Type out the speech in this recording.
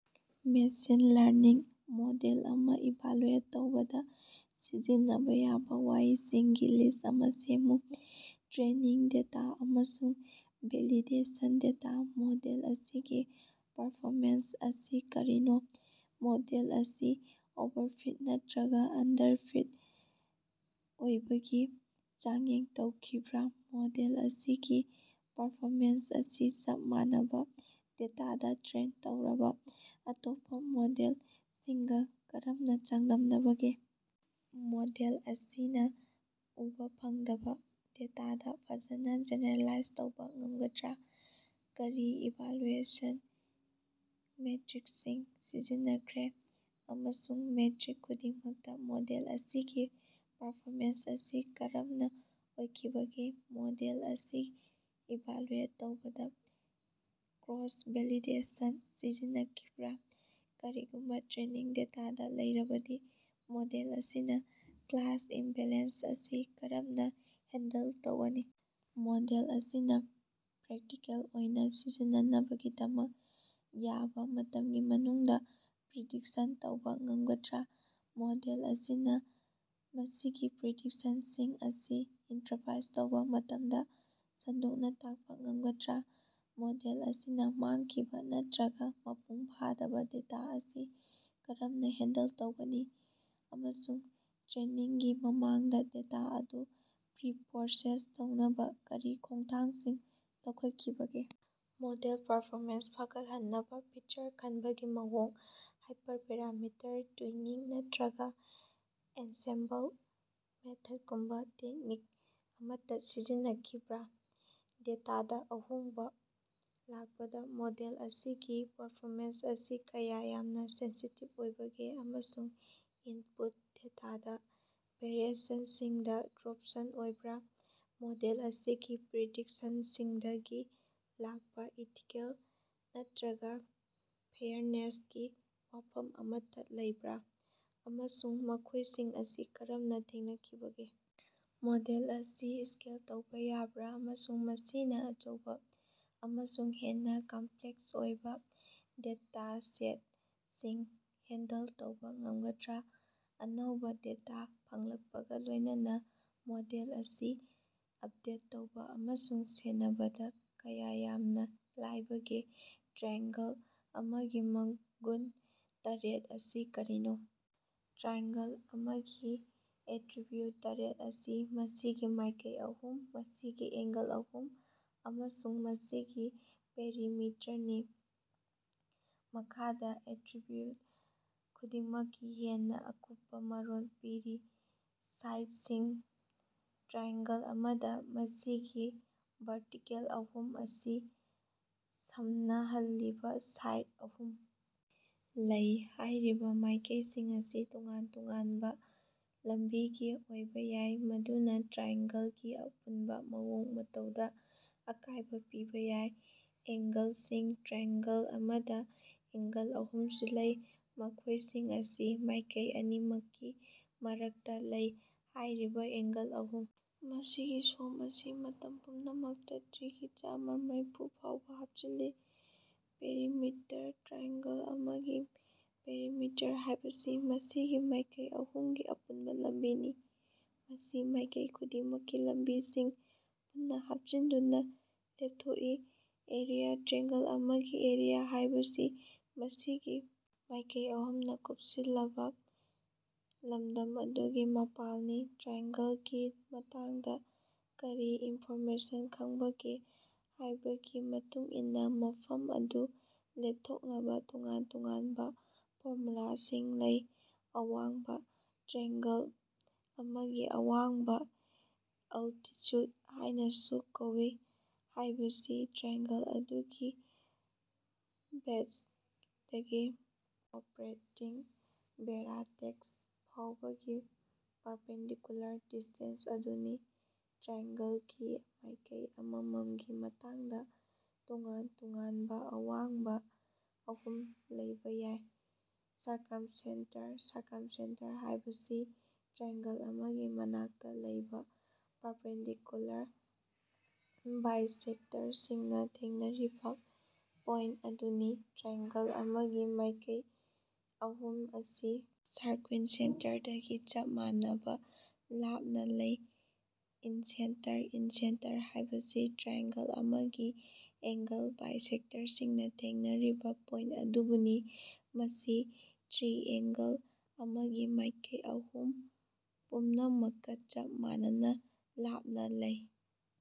Machine learning model ꯑꯃ evaluate ꯇꯧꯕꯗ ꯁꯤꯖꯤꯟꯅꯕ ꯌꯥꯕ ꯋꯥꯍꯪꯁꯤꯡꯒꯤ ꯂꯤꯁ꯭ꯠ ꯑꯃ ꯁꯦꯝꯃꯨ꯫ ꯇ꯭ꯔꯦꯅꯤꯡ ꯗꯦꯇꯥ ꯑꯃꯁꯨꯡ ꯚꯦꯂꯤꯗꯦꯁꯟ ꯗꯦꯇꯥ ꯃꯣꯗꯦꯜ ꯑꯁꯤꯒꯤ ꯄꯔꯐꯣꯃꯦꯟꯁ ꯑꯁꯤ ꯀꯔꯤꯅꯣ? ꯃꯣꯗꯦꯜ ꯑꯁꯤ ꯑꯣꯚꯔꯐꯤꯠ ꯅꯠꯇꯔꯒ ꯑꯟꯗꯔꯐꯤꯠ ꯑꯣꯏꯕꯒꯤ ꯆꯥꯡꯌꯦꯡ ꯇꯧꯈꯤꯕꯔꯥ? ꯃꯣꯗꯦꯜ ꯑꯁꯤꯒꯤ ꯄꯔꯐꯣꯃꯦꯟꯁ ꯑꯁꯤ ꯆꯞ ꯃꯥꯟꯅꯕ ꯗꯦꯇꯥꯗ ꯇ꯭ꯔꯦꯟ ꯇꯧꯔꯕ ꯑꯇꯣꯞꯄ ꯃꯣꯗꯦꯜꯁꯤꯡꯒ ꯀꯔꯝꯅ ꯆꯥꯡꯗꯝꯅꯕꯒꯦ? ꯃꯣꯗꯦꯜ ꯑꯁꯤꯅ‌ ꯎꯕꯥ ꯐꯪꯗꯕ ꯗꯦꯇꯥꯗ ꯐꯖꯅ ꯖꯦꯅꯦꯔꯦꯂꯥꯏꯖ ꯇꯧꯕ ꯉꯝꯒꯗ꯭ꯔꯥ? ꯀꯔꯤ ꯏꯚꯥꯂꯨꯑꯦꯁꯟ ꯃꯦꯇꯔꯤꯛꯁꯤꯡ ꯁꯤꯖꯤꯟꯅꯈ꯭ꯔꯦ ꯑꯃꯁꯨꯡ ꯃꯦꯇꯔꯤꯛ ꯈꯨꯗꯤꯡꯃꯛꯇ‌ ꯃꯣꯗꯦꯜ ꯑꯁꯤꯒꯤ ꯄꯔꯐꯣꯃꯦꯟꯁ ꯑꯁꯤ ꯀꯔꯝꯅ ꯑꯣꯏꯈꯤꯕꯒꯦ? ꯃꯣꯗꯦꯜ ꯑꯁꯤ ꯏꯚꯥꯂꯨꯑꯦꯠ ꯇꯧꯕꯗ ꯀ꯭ꯔꯣꯁ-ꯚꯦꯂꯤꯗꯦꯁꯟ ꯁꯤꯖꯤꯟꯅꯈꯤꯕꯔꯥ? ꯀꯔꯤꯒꯨꯝꯕ ꯇ꯭ꯔꯦꯅꯤꯡ ꯗꯦꯇꯥꯗ‌ ꯂꯩꯔꯕꯗꯤ ꯃꯣꯗꯦꯜ ꯑꯁꯤꯅ ꯀ꯭ꯂꯥꯁ ꯏꯝꯕꯦꯂꯦꯟꯁ ꯑꯁꯤ ꯀꯔꯝꯅ ꯍꯦꯟꯗꯜ ꯇꯧꯒꯅꯤ? ꯃꯣꯗꯦꯜ ꯑꯁꯤꯅ ꯄ꯭ꯔꯦꯛꯇꯤꯀꯦꯜ ꯑꯣꯏꯅ ꯁꯤꯖꯤꯟꯅꯅꯕꯒꯤꯗꯃꯛ ꯌꯥꯕ ꯃꯇꯝꯒꯤ ꯃꯅꯨꯡꯗ‌ ꯄ꯭ꯔꯤꯗꯤꯛꯁꯟ ꯇꯧꯕ ꯉꯝꯒꯗ꯭ꯔꯥ? ꯃꯣꯗꯦꯜ ꯑꯁꯤꯅ ꯃꯁꯤꯒꯤ ꯄ꯭ꯔꯤꯗꯤꯛꯁꯟꯁꯤꯡ ꯑꯁꯤ ꯏꯟꯇꯔꯄ꯭ꯔꯥꯏꯖ ꯇꯧꯕ ꯑꯃꯁꯨꯡ ꯁꯟꯗꯣꯛꯅ ꯇꯥꯛꯄ ꯉꯝꯒꯗ꯭ꯔꯥ? ꯃꯣꯗꯦꯜ ꯑꯁꯤꯅ ꯃꯥꯡꯈꯤꯕ ꯅꯠꯇꯔꯒ ꯃꯄꯨꯡ ꯐꯥꯗꯕ ꯗꯦꯇꯥ ꯑꯁꯤ ꯀꯔꯝꯅ‌ ꯍꯦꯟꯗꯜ ꯇꯧꯒꯅꯤ, ꯑꯃꯁꯨꯡ ꯇ꯭ꯔꯦꯅꯤꯡꯒꯤ ꯃꯃꯥꯡꯗ ꯗꯦꯇꯥ ꯑꯗꯨ ꯄ꯭ꯔꯤꯄꯔꯣꯁꯦꯁ ꯇꯧꯅꯕ ꯀꯔꯤ ꯈꯣꯡꯊꯥꯡꯁꯤꯡ ꯂꯧꯈꯠꯈꯤꯕꯒꯦ? ꯃꯣꯗꯦꯜ ꯄꯔꯐꯣꯃꯦꯟꯁ ꯐꯒꯠꯍꯟꯅꯕ ꯐꯤꯆꯔ ꯈꯟꯕꯒꯤ ꯃꯑꯣꯡ, ꯍꯥꯏꯄꯔꯄꯦꯔꯥꯃꯤꯇꯔ ꯇ꯭ꯌꯨꯅꯤꯡ, ꯅꯠꯇꯔꯒ ꯑꯦꯟꯁꯦꯝꯕꯜ ꯃꯦꯊꯗꯒꯨꯝꯕ ꯇꯦꯛꯅꯤꯛ ꯑꯃꯠ ꯁꯤꯖꯤꯟꯅꯈꯤꯕꯔꯥ? ꯗꯦꯇꯥꯗ ꯑꯍꯣꯡꯕꯥ ꯂꯥꯛꯄꯗ ꯃꯣꯗꯦꯜ ꯑꯁꯤꯒꯤ ꯄꯔꯐꯣꯃꯦꯟꯁ ꯑꯁꯤ ꯀꯌꯥ ꯌꯥꯝꯅ ꯁꯦꯟꯁꯤꯇꯤꯕ ꯑꯣꯏꯕꯒꯦ, ꯑꯃꯁꯨꯡ ꯏꯟꯄꯨꯠ ꯗꯦꯇꯥꯗ ꯚꯦꯔꯤꯑꯦꯁꯟꯁꯤꯡꯗ ꯔꯣꯕꯁ꯭ꯠ ꯑꯣꯏꯕꯔꯥ? ꯃꯣꯗꯦꯜ ꯑꯁꯤꯒꯤ ꯄ꯭ꯔꯤꯗꯤꯛꯁꯟꯁꯤꯡꯗꯒꯤ ꯂꯥꯛꯄ ꯏꯊꯤꯀꯦꯜ ꯅꯠꯇꯔꯒ ꯐꯦꯌꯔꯅꯦꯁꯀꯤ ꯋꯥꯐꯝ ꯑꯃꯠꯇ ꯂꯩꯕꯔꯥ, ꯑꯃꯁꯨꯡ ꯃꯈꯣꯏꯁꯤꯡ ꯑꯁꯤ ꯀꯔꯝꯅ ꯊꯦꯡꯅꯈꯤꯕꯒꯦ? ꯃꯣꯗꯦꯜ ꯑꯁꯤ ꯁ꯭ꯀꯦꯜ ꯇꯧꯕ ꯌꯥꯕꯥꯔ, ꯑꯃꯁꯨꯡ ꯃꯁꯤꯅ ꯑꯆꯧꯕ ꯑꯃꯁꯨꯡ ꯍꯦꯟꯅ ꯀꯝꯄꯂꯦꯛꯁ ꯑꯣꯏꯕ ꯗꯦꯇꯥꯁꯦꯠꯁꯤꯡ ꯍꯦꯟꯗꯜ ꯇꯧꯕ ꯉꯝꯒꯗ꯭ꯔꯥ? ꯑꯅꯧꯕ ꯗꯦꯇꯥ ꯐꯪꯂꯛꯄꯒ ꯂꯣꯏꯅꯅ ꯃꯣꯗꯦꯜ ꯑꯁꯤ ꯑꯞꯗꯦꯠ ꯇꯧꯕ ꯑꯃꯁꯨꯡ ꯁꯦꯟꯅꯕꯗ ꯀꯌꯥ ꯌꯥꯝꯅ ꯂꯥꯏꯕꯒꯦ? ꯇ꯭ꯔꯥꯏꯑꯦꯡꯒꯜ ꯑꯃꯒꯤ ꯃꯒꯨꯟ ꯇꯔꯦꯠ ꯑꯁꯤ ꯀꯔꯤꯅꯣ? ꯇ꯭ꯔꯥꯏꯑꯦꯡꯒꯜ ꯑꯃꯒꯤ ꯑꯦꯇꯔꯤꯕꯤꯎꯠ ꯇꯔꯦꯠ ꯑꯁꯤ ꯃꯁꯤꯒꯤ ꯃꯥꯏꯀꯩ ꯑꯍꯨꯝ, ꯃꯁꯤꯒꯤ ꯑꯦꯡꯒꯜ ꯑꯍꯨꯝ ꯑꯃꯁꯨꯡ ꯃꯁꯤꯒꯤ ꯄꯦꯔꯤꯃꯤꯇꯔꯅꯤ꯫ ꯃꯈꯥꯗ ꯑꯦꯇꯔꯤꯕꯤꯎꯠ ꯈꯨꯗꯤꯡꯃꯛꯀꯤ ꯍꯦꯟꯅ ꯑꯀꯨꯞꯄꯥ ꯃꯔꯣꯜ ꯄꯤꯔꯤ - ꯁꯥꯏꯗꯁꯤꯡ - ꯇ꯭ꯔꯥꯏꯑꯦꯡꯒꯜ ꯑꯃꯗ ꯃꯁꯤꯒꯤ ꯚꯔꯇꯤꯀꯦꯜ ꯑꯍꯨꯝ ꯑꯁꯤ ꯁꯝꯅꯍꯜꯂꯤꯕ ꯁꯥꯏꯗ ꯑꯍꯨꯝ ꯂꯩ꯫ ꯍꯥꯏꯔꯤꯕ ꯃꯥꯏꯀꯩꯁꯤꯡ ꯑꯁꯤ ꯇꯣꯉꯥꯟ ꯇꯣꯉꯥꯟꯕ ꯂꯝꯕꯤꯒꯤ ꯑꯣꯏꯕ ꯌꯥꯏ, ꯃꯗꯨꯅ ꯇ꯭ꯔꯥꯏꯑꯦꯡꯒꯜꯒꯤ ꯑꯄꯨꯟꯕ ꯃꯑꯣꯡ ꯃꯇꯧꯗ ꯑꯀꯥꯏꯕ ꯄꯤꯕ ꯌꯥꯏ꯫ ꯑꯦꯡꯒꯜꯁꯤꯡ - ꯇ꯭ꯔꯥꯏꯑꯦꯡꯒꯜ ꯑꯃꯗ ꯑꯦꯡꯒꯜ ꯑꯍꯨꯝꯁꯨ ꯂꯩ, ꯃꯈꯣꯏꯁꯤꯡ ꯑꯁꯤ ꯃꯥꯏꯀꯩ ꯑꯅꯤꯃꯛꯀꯤ ꯃꯔꯛꯇ ꯂꯩ꯫ ꯍꯥꯏꯔꯤꯕ ꯑꯦꯡꯒꯜ ꯑꯍꯨꯝ ꯑꯁꯤꯒꯤ ꯁꯣꯝ ꯑꯁꯤ ꯃꯇꯝ ꯄꯨꯝꯅꯃꯛꯇ ꯗꯤꯒ꯭ꯔꯤ ꯆꯥꯝꯃꯔꯥꯐꯨ ꯐꯥꯎꯕ ꯍꯥꯞꯆꯤꯜꯂꯤ꯫ ꯄꯦꯔꯤꯃꯤꯇꯔ - ꯇ꯭ꯔꯥꯏꯑꯦꯡꯒꯜ ꯑꯃꯒꯤ ꯄꯦꯔꯤꯃꯤꯇꯔ ꯍꯥꯏꯕꯁꯤ ꯃꯁꯤꯒꯤ ꯃꯥꯏꯀꯩ ꯑꯍꯨꯝꯒꯤ ꯑꯄꯨꯟꯕ ꯂꯝꯕꯤꯅꯤ꯫ ꯃꯁꯤ ꯃꯥꯏꯀꯩ ꯈꯨꯗꯤꯡꯃꯛꯀꯤ ꯂꯝꯕꯤꯁꯤꯡ ꯄꯨꯟꯅ ꯍꯥꯞꯆꯤꯟꯗꯨꯅ ꯂꯦꯞꯊꯣꯛꯏ꯫ ꯑꯦꯔꯤꯌꯥ -ꯇ꯭ꯔꯥꯏꯑꯦꯡꯒꯜ ꯑꯃꯒꯤ ꯑꯦꯔꯤꯌꯥ ꯍꯥꯏꯕꯁꯤ ꯃꯁꯤꯒꯤ ꯃꯥꯏꯀꯩ ꯑꯍꯨꯝꯅ ꯀꯨꯞꯁꯤꯜꯂꯕ ꯂꯝꯗꯝ ꯑꯗꯨꯒꯤ ꯃꯥꯄꯜꯅꯤ꯫ ꯇ꯭ꯔꯥꯏꯑꯦꯡꯒꯜꯒꯤ ꯃꯇꯥꯡꯗ ꯀꯔꯤ ꯏꯟꯐꯣꯔꯃꯦꯁꯟ ꯈꯡꯕꯒꯦ ꯍꯥꯏꯕꯒꯤ ꯃꯇꯨꯡ ꯏꯟꯅ ꯃꯐꯝ ꯑꯗꯨ ꯂꯦꯞꯊꯣꯛꯅꯕ ꯇꯣꯉꯥꯟ ꯇꯣꯉꯥꯟꯕ ꯐꯣꯔꯃꯨꯂꯥꯁꯤꯡ ꯂꯩ꯫ ꯑꯋꯥꯡꯕ - ꯇ꯭ꯔꯥꯏꯑꯦ꯫ꯒꯜ ꯑꯃꯒꯤ ꯑꯋꯥꯡꯕ, ꯑꯜꯇꯤꯆꯨꯗ ꯍꯥꯏꯅꯥꯁꯨ ꯀꯧꯏ ꯍꯥꯌꯕꯁꯤ ꯇ꯭ꯔꯥꯏꯑꯦꯡꯒꯜ ꯑꯗꯨꯒꯤ ꯕꯦꯖꯗꯒꯤ ꯑꯣꯄ꯭ꯔꯦꯇꯤꯡ ꯚꯦꯔꯇꯦꯛꯁ ꯐꯥꯎꯕꯒꯤ ꯄꯥꯔꯄꯦꯟꯗꯤꯀꯨꯂꯥꯔ ꯗꯤꯁ꯭ꯇꯦꯟꯁ ꯑꯗꯨꯅꯤ꯫ ꯇ꯭ꯔꯥꯏꯑꯦꯡꯒꯜꯒꯤ ꯃꯥꯏꯀꯩ ꯑꯃꯃꯝꯒꯤ ꯃꯇꯥꯡꯗ ꯇꯣꯉꯥꯟ ꯇꯣꯉꯥꯟꯕ ꯑꯋꯥꯡꯕ ꯑꯍꯨꯝ ꯂꯩꯕ ꯌꯥꯏ꯫ ꯁꯔꯀꯝꯁꯦꯟꯇꯔ- ꯁꯔꯀꯝꯁꯦꯟꯇꯔ ꯍꯥꯏꯕꯁꯤ ꯇ꯭ꯔꯥꯏꯑꯦꯡꯒꯜ ꯑꯃꯒꯤ ꯃꯅꯥꯛꯇ ꯂꯩꯕ ꯄꯥꯔꯄꯦꯟꯗꯤꯀꯨꯂꯥꯔ ꯕꯥꯏꯁꯦꯛꯇꯔꯁꯤꯡꯅ ꯊꯦꯡꯅꯔꯤꯕ ꯄꯣꯏꯟꯇ ꯑꯗꯨꯅꯤ꯫ ꯇ꯭ꯔꯥꯏꯑꯦꯡꯒꯜ ꯑꯃꯒꯤ ꯃꯥꯏꯀꯩ ꯑꯍꯨꯝ ꯑꯁꯤ ꯁꯔꯀ꯭ꯌꯨꯏꯟꯇ ꯁꯦꯟꯇꯔꯗꯒꯤ ꯆꯞ ꯃꯥꯟꯅꯕ ꯂꯥꯞꯅ ꯂꯩ꯫ ꯏꯟꯁꯦꯟꯇꯔ -ꯏꯟꯁꯦꯟꯇꯔ ꯍꯥꯏꯕꯁꯤ ꯇ꯭ꯔꯥꯏꯑꯦꯡꯒꯜ ꯑꯃꯒꯤ ꯑꯦꯡꯒꯜ ꯕꯥꯏꯁꯦꯛꯇꯔꯁꯤꯡꯅ ꯊꯦꯡꯅꯔꯤꯕ ꯄꯣꯏꯟꯇ ꯑꯗꯨꯕꯨꯅꯤ꯫ ꯃꯁꯤ ꯇ꯭ꯔꯤꯑꯦꯡꯒꯜ ꯑꯃꯒꯤ ꯃꯥꯏꯀꯩ ꯑꯍꯨꯝ ꯄꯨꯝꯅꯃꯛꯀ ꯆꯞ ꯃꯥꯟꯅꯅꯥ ꯂꯥꯞꯅ ꯂꯩ꯫